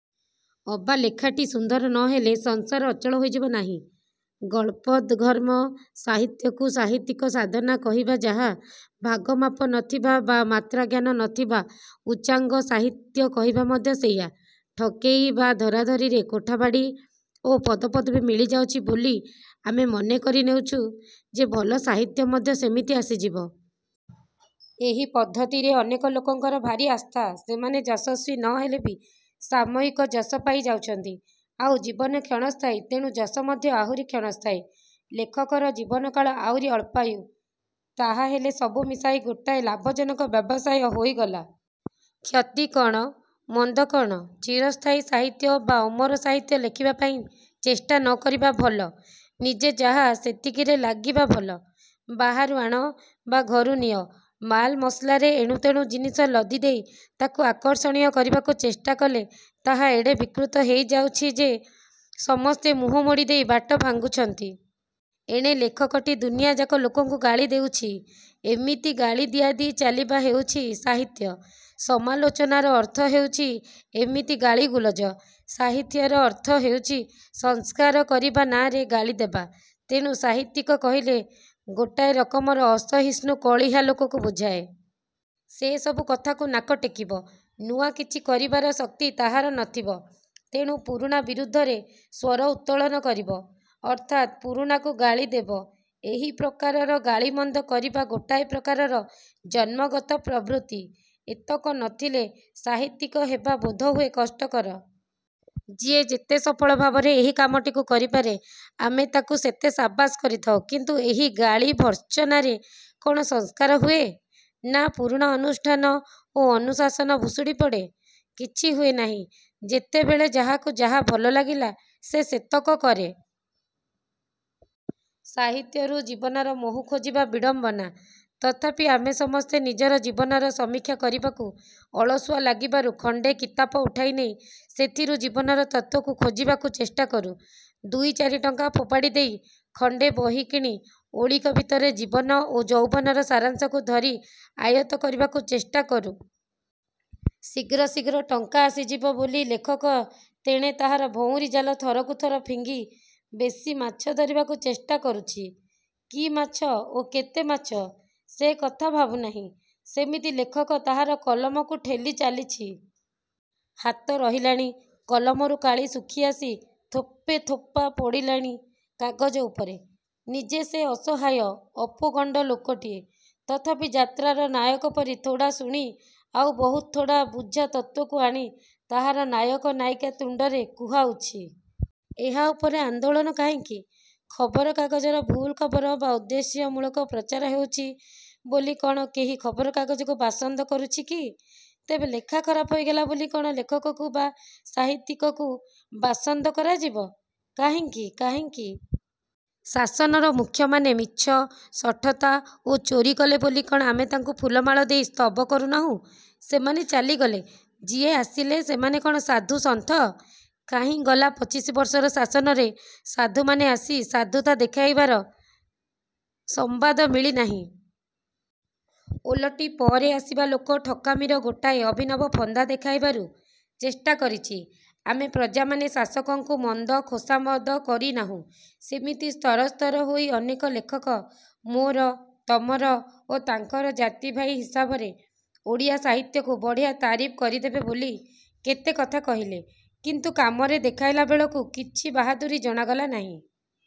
ଅବା ଲେଖାଟି ସୁନ୍ଦର ନ ହେଲେ ସଂସାର ଅଚଳ ହୋଇଯିବ ନାହିଁ। ଗଳଦ୍ଘର୍ମ ସାହିତ୍ୟକୁ ସାହିତ୍ୟିକ ସାଧନା କହିବା ଯାହା, ଭାଗମାପ ନ ଥିବା ବା ମାତ୍ରାଜ୍ଞାନ ନ ଥିବା ଉଚ୍ଚାଙ୍ଗ ସାହିତ୍ୟ କହିବା ମଧ୍ୟ ସେଇଆ। ଠକେଇ ବା ଧରାଧରିରେ କୋଠାବାଡ଼ି ଓ ପଦପଦବୀ ମିଳି ଯାଉଛି ବୋଲି ଆମେ ମନେ କରି ନେଉଛୁ ଯେ ଭଲ ସାହିତ୍ୟ ମଧ୍ୟ ସେମିତି ଆସିଯିବ। ଏହି ପଦ୍ଧତିରେ ଅନେକ ଲୋକଙ୍କର ଭାରି ଆସ୍ଥା। ସେମାନେ ଯଶସ୍ୱୀ ନ ହେଲେ ବି ସାମୟିକ ଯଶ ପାଇ ଯାଉଛନ୍ତି। ଆଉ ଜୀବନ କ୍ଷଣସ୍ଥାୟୀ। ତେଣୁ ଯଶ ମଧ୍ୟ ଆହୁରି କ୍ଷଣସ୍ଥାୟୀ। ଲେଖକର ଜୀବନକାଳ ଆଉରି ଅଳ୍ପାୟୁ। ତାହାହେଲେ ସବୁ ମିଶାଇ ଗୋଟାଏ ଲାଭଜନକ ବ୍ୟବସାୟ ହୋଇଗଲା। କ୍ଷତି କଣ? ମନ୍ଦ କଣ? ଚିରସ୍ଥାୟୀ ସାହିତ୍ୟ ବା ଅମର ସାହିତ୍ୟ ଲେଖିବା ପାଇଁ ଚେଷ୍ଟା ନ କରିବା ଭଲ। ନିଜେ ଯାହା ସେତିକିରେ ଲାଗିବା ଭଲ। ବାହାରୁ ଆଣ ବା ଘରୁ ନିଅ, ମାଲମସଲାରେ ଏଣୁତେଣୁ ଜିନିସ ଲଦି ଦେଇ ତାକୁ ଆକର୍ଷଣୀୟ କରିବାକୁ ଚେଷ୍ଟା କଲେ ତାହା ଏଡ଼େ ବିକୃତ ହେଇଯାଉଛି ଯେ ସମସ୍ତେ ମୁହଁମୋଡ଼ି ଦେଇ ବାଟ ଭାଙ୍ଗୁଛନ୍ତି। ଏଣେ ଲେଖକଟି ଦୁନିଆଯାକ ଲୋକଙ୍କୁ ଗାଳି ଦେଉଛି। ଏମିତି ଗାଳି ଦିଆଦିଇ ଚାଲିବା ହେଉଛି ସାହିତ୍ୟ। ସମାଲୋଚନାର ଅର୍ଥ ହେଉଛି ଏମିତି ଗାଳିଗୁଲଜ। ସାହିତ୍ୟର ଅର୍ଥ ହେଉଛି ସଂସ୍କାର କରିବା ନାଁରେ ଗାଳିଦେବା। ତେଣୁ ସାହିତ୍ୟିକ କହିଲେ ଗୋଟାଏ ରକମର ଅସହିଷ୍ଣୁ କଳିହା ଲୋକକୁ ବୁଝାଏ। ସେ ସବୁ କଥାକୁ ନାକ ଟେକିବ। ନୂଆ କିଛି କରିବାର ଶକ୍ତି ତାହାର ନ ଥିବ। ତେଣୁ ପୁରୁଣା ବିରୁଦ୍ଧରେ ସ୍ୱର ଉତ୍ତୋଳନ କରିବ, ଅର୍ଥାତ୍ ପୁରୁଣାକୁ ଗାଳିଦେବ। ଏହି ପ୍ରକାରର ଗାଳିମନ୍ଦ କରିବା ଗୋଟାଏ ପ୍ରକାରର ଜନ୍ମଗତ ପ୍ରବୃତ୍ତି। ଏତକ ନ ଥିଲେ ସାହିତ୍ୟିକ ହେବା ବୋଧହୁଏ କଷ୍ଟକର। ଯିଏ ଯେତେ ସଫଳ ଭାବରେ ଏହି କାମଟିକୁ କରିପାରେ ଆମେ ତାକୁ ସେତେ ସାବାସ କରିଥାଉ। କିନ୍ତୁ ଏହି ଗାଳି ଭର୍ତ୍ସନାରେ କ’ଣ ସଂସ୍କାର ହୁଏ ନା ପୁରୁଣା ଅନୁଷ୍ଠାନ ଓ ଅନୁଶାସନ ଭୁଷୁଡ଼ି ପଡ଼େ? କିଛି ହୁଏ ନାହିଁ। ଯେତେବେଳେ ଯାହାକୁ ଯାହା ଭଲ ଲାଗିଲା ସେ ସେତକ କରେ। ସାହିତ୍ୟରୁ ଜୀବନର ମହୁ ଖୋଜିବା ବିଡ଼ମ୍ବନା। ତଥାପି ଆମେ ସମସ୍ତେ ନିଜର ଜୀବନର ସମୀକ୍ଷା କରିବାକୁ ଅଳସୁଆ ଲାଗିବାରୁ ଖଣ୍ଡେ କିତାପ ଉଠାଇ ନେଇ ସେଥିରୁ ଜୀବନର ତତ୍ତ୍ୱକୁ ଖୋଜିବାକୁ ଚେଷ୍ଟା କରୁ। ଦୁଇ ଚାରି ଟଙ୍କା ଫୋପାଡ଼ି ଦେଇ ଖଣ୍ଡେ ବହି କିଣି ଓଳିକ ଭିତରେ ଜୀବନ ଓ ଯୌବନର ସାରାଂଶକୁ ଧରି ଆୟତ୍ତ କରିବାକୁ ଚେଷ୍ଟା କରୁ। ଶୀଘ୍ର ଶୀଘ୍ର ଟଙ୍କା ଆସିଯିବ ବୋଲି ଲେଖକ ତେଣେ ତାହାର ଭଉଁରୀ ଜାଲ ଥରକୁ ଥର ଫିଙ୍ଗି ବେଶି ମାଛ ଧରିବାକୁ ଚେଷ୍ଟା କରୁଛି। କି ମାଛ ଓ କେତେ ମାଛ? ସେ କଥା ଭାବୁ ନାହିଁ। ସେମିତି ଲେଖକ ତାହାର କଲମକୁ ଠେଲି ଚାଲିଛି। ହାତ ରହିଲାଣି। କଲମରୁ କାଳି ଶୁଖି ଆସି ଥୋପେ ଥୋପା ପଡ଼ିଲାଣି କାଗଜ ଉପରେ। ନିଜେ ସେ ଅସହାୟ ଅପୋଗଣ୍ଡ ଲୋକଟିଏ। ତଥାପି ଯାତ୍ରାର ନାୟକ ପରି ଥୋଡ଼ା ଶୁଣି ଆଉ ବହୁତ୍ ଥୋଡ଼ା ବୁଝା ତତ୍ତ୍ୱକୁ ଆଣି ତାହାର ନାୟକ ନାୟିକା ତୁଣ୍ଡରେ କୁହାଉଛି। ଏହା ଉପରେ ଆନ୍ଦୋଳନ କାହିଁକି? ଖବର କାଗଜର ଭୁଲ ଖବର ବା ଉଦ୍ଦେଶ୍ୟମୂଳକ ପ୍ରଚାର ହେଉଛି ବୋଲି କଣ କେହି ଖବର କାଗଜକୁ ବାସନ୍ଦ କରୁଛି କି ତେବେ ଲେଖା ଖରାପ ହୋଇଗଲା ବୋଲି କଣ ଲେଖକକୁ ବା ସାହିତ୍ୟିକକୁ ବାସନ୍ଦ କରାଯିବ କାହିଁକି, କାହିଁକି? ଶାସନର ମୁଖ୍ୟମାନେ ମିଛ, ଶଠତା ଓ ଚୋରି କଲେ ବୋଲି କଣ ଆମେ ତାଙ୍କୁ ଫୁଲମାଳ ଦେଇ ସ୍ତବ କରୁ ନାହୁଁ? ସେମାନେ ଚାଲିଗଲେ, ଯିଏ ଆସିଲେ ସେମାନେ କଣ ସାଧୁ ସନ୍ଥ? କାହିଁ ଗଲା ପଚିଶି ବର୍ଷର ଶାସନରେ ସାଧୁମାନେ ଆସି ସାଧୁତା ଦେଖାଇବାର ସମ୍ବାଦ ମିଳି ନାହିଁ। ଓଲଟି ପରେ ଆସିବା ଲୋକ ଠକାମିର ଗୋଟାଏ ଅଭିନବ ଫନ୍ଦା ଦେଖାଇବାରୁ ଚେଷ୍ଟା କରିଛି। ଆମେ ପ୍ରଜାମାନେ ଶାସକଙ୍କୁ ମନ୍ଦ ଖୋସାମଦ କରି ନାହୁଁ। ସେମିତି ସ୍ତରସ୍ତର ହୋଇ ଅନେକ ଲେଖକ ମୋର, ତମର ଓ ତାଙ୍କର ଜାତିଭାଇ ହିସାବରେ ଓଡ଼ିଆ ସାହିତ୍ୟକୁ ବଢ଼ିଆ ତାରିଫ କରିଦେବେ ବୋଲି କେତେ କଥା କହିଲେ। କିନ୍ତୁ କାମରେ ଦେଖାଇଲାବେଳକୁ କିଛି ବାହାଦୁରୀ ଜଣାଗଲା ନାହିଁ।